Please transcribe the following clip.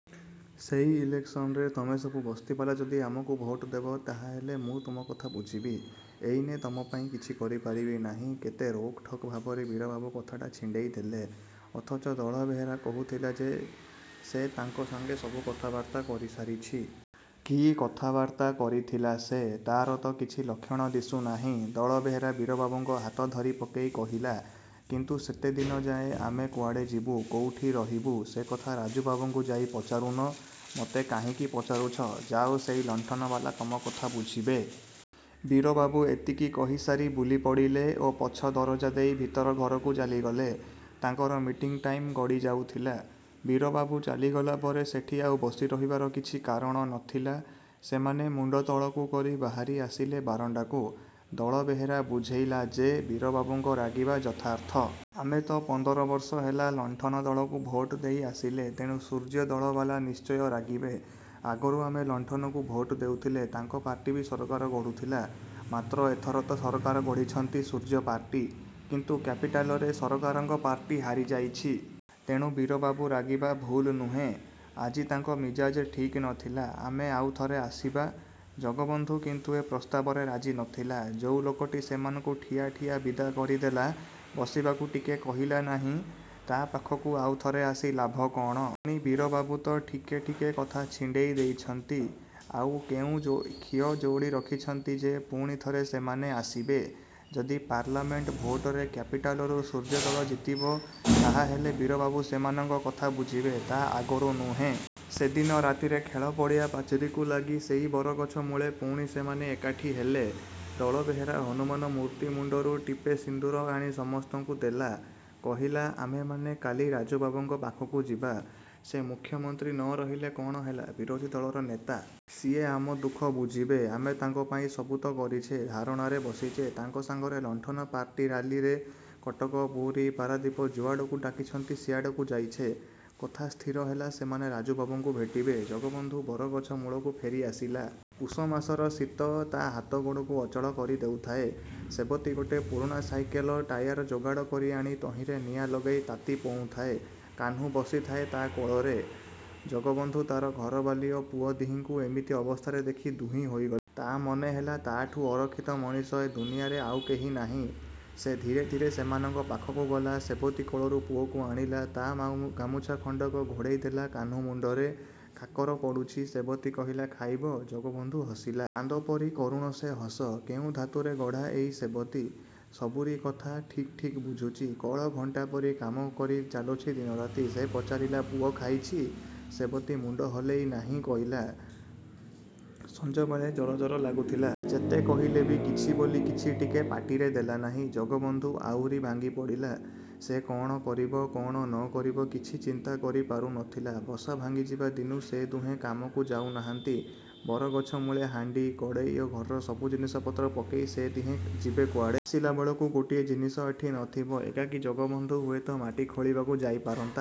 "ସେଇ ଇଲେକ୍ସନରେ ତମେ ସବୁ ବସ୍ତିବାଲା ଯଦି ଆମକୁ ଭୋଟ୍ ଦେବ, ତାହାହେଲେ ମୁଁ ତମ କଥା ବୁଝିବି। ଏଇନେ ତମ ପାଇଁ କିଛି କରିପାରିବି ନାହିଁ।" କେତେ ରୋକ୍‌ଠୋକ୍ ଭାବରେ ବୀରବାବୁ କଥାଟା ଛିଣ୍ଡେଇଦେଲେ। ଅଥଚ ଦଳବେହେରା କହୁଥିଲା ଯେ ସେ ତାଙ୍କ ସାଙ୍ଗେ ସବୁ କଥାବାର୍ତ୍ତା କରିସାରିଛି। କି କଥାବାର୍ତ୍ତା କରିଥିଲା ସେ। ତାର ତ କିଛି ଲକ୍ଷଣ ଦିଶୁନାହିଁ। ଦଳବେହେରା ବୀରବାବୁଙ୍କ ହାତ ଧରିପକେଇ କହିଲା, "କିନ୍ତୁ ସେତେଦିନ ଯାଏ ଆମେ କୁଆଡ଼େ ଯିବୁ? କୋଉଠି ରହିବୁ?" "ସେକଥା ରାଜୁବାବୁଙ୍କୁ ଯାଇ ପଚାରୁନ? ମୋତେ କାହିଁକି ପଚାରୁଛ? ଯାଅ, ସେଇ ଲଣ୍ଠନବାଲା ତମକଥା ବୁଝିବେ।" ବୀରବାବୁ ଏତିକି କହିସାରି ବୁଲିପଡ଼ିଲେ ଓ ପଛ ଦରଜା ଦେଇ ଭିତର ଘରକୁ ଚାଲିଗଲେ। ତାଙ୍କର ମିଟିଂ ଟାଇମ୍‌ ଗଡ଼ିଯାଉଥିଲା। ବୀରବାବୁ ଚାଲିଗଲା ପରେ ସେଠି ଆଉ ବସି ରହିବାର କିଛି କାରଣ ନଥିଲା। ସେମାନେ ମୁଣ୍ଡ ତଳକୁ କରି ବାହାରି ଆସିଲେ ବାରଣ୍ଡାକୁ। ଦଳବେହେରା ବୁଝେଇଲା ଯେ ବୀରବାବୁଙ୍କ ରାଗିବା ଯଥାର୍ଥ। ଆମେ ତ ପନ୍ଦର ବର୍ଷ ହେଲା ଲଣ୍ଠନ ଦଳକୁ ଭୋଟ୍ ଦେଇ ଆସିଲେ। ତେଣୁ ସୂର୍ଯ୍ୟ ଦଳବାଲା ନିଶ୍ଚୟ ରାଗିବେ। ଆଗରୁ ଆମେ ଲଣ୍ଠନକୁ ଭୋଟ୍ ଦେଉଥିଲେ, ତାଙ୍କ ପାର୍ଟି ବି ସରକାର ଗଢ଼ୁଥିଲା। ମାତ୍ର ଏଥର ତ ସରକାର ଗଢ଼ିଛନ୍ତି ସୂର୍ଯ୍ୟପାର୍ଟି। କିନ୍ତୁ କ୍ୟାପିଟାଲରେ ସରକାରଙ୍କ ପାର୍ଟି ହାରିଯାଇଛି। ତେଣୁ ବୀରବାବୁ ରାଗିବା ଭୁଲ୍ ନୁହେଁ। ଆଜି ତାଙ୍କ ମିଜାଜ୍ ଠିକ୍ ନଥିଲା। ଆମେ ଆଉଥରେ ଆସିବା। ଜଗବନ୍ଧୁ କିନ୍ତୁ ଏ ପ୍ରସ୍ତାବରେ ରାଜି ନଥିଲା। ଯୋଉ ଲୋକଟି ସେମାନଙ୍କୁ ଠିଆ ଠିଆ ବିଦା କରିଦେଲା, ବସିବାକୁ ଟିକେ କହିଲା ନାହିଁ, ତା ପାଖକୁ ଆଉଥରେ ଆସି ଲାଭ କଣ? ପୁଣି ବୀରବାବୁ ତ ଠିକେ ଠିକେ କଥା ଛିଣ୍ଡେଇ ଦେଇଛନ୍ତି। ଆଉ କେଉଁ ଖିଅ ଯୋଡ଼ି ରଖିଛନ୍ତି ଯେ ପୁଣି ଥରେ ସେମାନେ ଆସିବେ? ଯଦି ପାର୍ଲାମେଣ୍ଟ ଭୋଟରେ କ୍ୟାପିଟାଲ୍‌ରୁ ସୂର୍ଯ୍ୟ ଦଳ ଜିତିବ ତାହାହେଲେ ବୀରବାବୁ ସେମାନଙ୍କ କଥା ବୁଝିବେ। ତା ଆଗରୁ ନୁହେଁ। ସେଦିନ ରାତିରେ ଖେଳପଡ଼ିଆ ପାଚେରିକୁ ଲାଗି ସେଇ ବରଗଛ ମୂଳେ ପୁଣି ସେମାନେ ଏକାଠି ହେଲେ। ଦଳବେହେରା ହନୁମାନ ମୂର୍ତ୍ତି ମୁଣ୍ଡରୁ ଟିପେ ସିନ୍ଦୂର ଆଣି ସମସ୍ତଙ୍କୁ ଦେଲା। କହିଲା, "ଆମେମାନେ କାଲି ରାଜୁବାବୁଙ୍କ ପାଖକୁ ଯିବା। ସେ ମୁଖ୍ୟମନ୍ତ୍ରୀ ନ ରହିଲେ କଣ ହେଲା, ବିରୋଧୀ ଦଳର ନେତା। ସିଏ ଆମ ଦୁଃଖ ବୁଝିବେ। ଆମେ ତାଙ୍କ ପାଇଁ ସବୁ ତ କରିଛେ, ଧାରଣାରେ ବସିଛେ, ତାଙ୍କ ସାଙ୍ଗରେ ଲଣ୍ଠନ ପାର୍ଟି ରାଲିରେ କଟକ, ପୁରୀ, ପାରାଦୀପ, ଯୁଆଡ଼କୁ ଡାକିଛନ୍ତି ସିଆଡ଼କୁ ଯାଇଛେ।" କଥା ସ୍ଥିର ହେଲା ସେମାନେ ରାଜୁବାବୁଙ୍କୁ ଭେଟିବେ। ଜଗବନ୍ଧୁ ବରଗଛ ମୂଳକୁ ଫେରିଆସିଲା। ପୁଷମାସର ଶୀତ ତା ହାତଗୋଡ଼କୁ ଅଚଳ କରିଦେଉଥାଏ। ସେବତୀ ଗୋଟେ ପୁରୁଣା ସାଇକେଲ ଟାୟାର ଯୋଗାଡ଼ କରିଆଣି ତହିଁରେ ନିଆଁ ଲଗେଇ ତାତି ପୋଉଁଥାଏ। କାହ୍ନୁ ବସିଥାଏ ତା କୋଳରେ। ଜଗବନ୍ଧୁ ତାର ଘରବାଲୀ ଓ ପୁଅ ଦିହିଙ୍କୁ ଏମିତି ଅବସ୍ଥାରେ ଦେଖି ଦୁହିଁ ହୋଇଗଲା। ତାର ମନେହେଲା ତାଠୁଁ ଅରକ୍ଷିତ ମଣିଷ ଏ ଦୁନିଆରେ ଆଉ କେହି ନାହିଁ। ସେ ଧୀରେ ଧୀରେ ସେମାନଙ୍କ ପାଖକୁ ଗଲା। ସେବତୀ କୋଳରୁ ପୁଅକୁ ଆଣିଲା। ତା ଗାମୁଛା ଖଣ୍ଡକ ଘୋଡ଼େଇଦେଲା କାହ୍ନୁ ମୁଣ୍ଡରେ। କାକର ପଡ଼ୁଛି। ସେବତୀ କହିଲା, "ଖାଇବ?" ଜଗବନ୍ଧୁ ହସିଲା। କାନ୍ଦ ପରି କରୁଣ ସେ ହସ। କେଉଁ ଧାତୁରେ ଗଢ଼ା ଏଇ ସେବତୀ! ସବୁରି କଥା ଠିକ୍ ଠିକ୍ ବୁଝୁଛି। କଳଘଣ୍ଟା ପରି କାମ କରି ଚାଲୁଛି ଦିନରାତି। ସେ ପଚାରିଲା, "ପୁଅ ଖାଇଛି?" ସେବତୀ ମୁଣ୍ଡ ହଲେଇ ନାହିଁ କଲା, "ସଂଜବେଳେ ଜରଜର ଲାଗୁଥିଲା। ଯେତେ କହିଲେ ବି କିଛି ବୋଲି କିଛି ଟିକେ ପାଟିରେ ଦେଲାନାହିଁ। ଜଗବନ୍ଧୁ ଆହୁରି ଭାଙ୍ଗିପଡ଼ିଲା। ସେ କଣ କରିବ, କଣ ନ କରିବ କିଛି ଚିନ୍ତା କରିପାରୁ ନଥିଲା। ବସା ଭାଙ୍ଗିଯିବା ଦିନୁ ସେ ଦୁହେଁ କାମକୁ ଯାଉନାହାନ୍ତି। ବରଗଛ ମୂଳେ ହାଣ୍ଡି, କଡ଼େଇ ଓ ଘରର ସବୁ ଜିନିଷପତ୍ର ପକେଇ ସେ ଦିହେଁ ଯିବେ କୁଆଡ଼େ? ଆସିଲାବେଳକୁ ଗୋଟିଏ ଜିନିଷ ଏଠି ନଥିବ। ଏକାକୀ ଜଗବନ୍ଧୁ ହୁଏତ ମାଟି ଖୋଳିବାକୁ ଯାଇପାରନ୍ତା।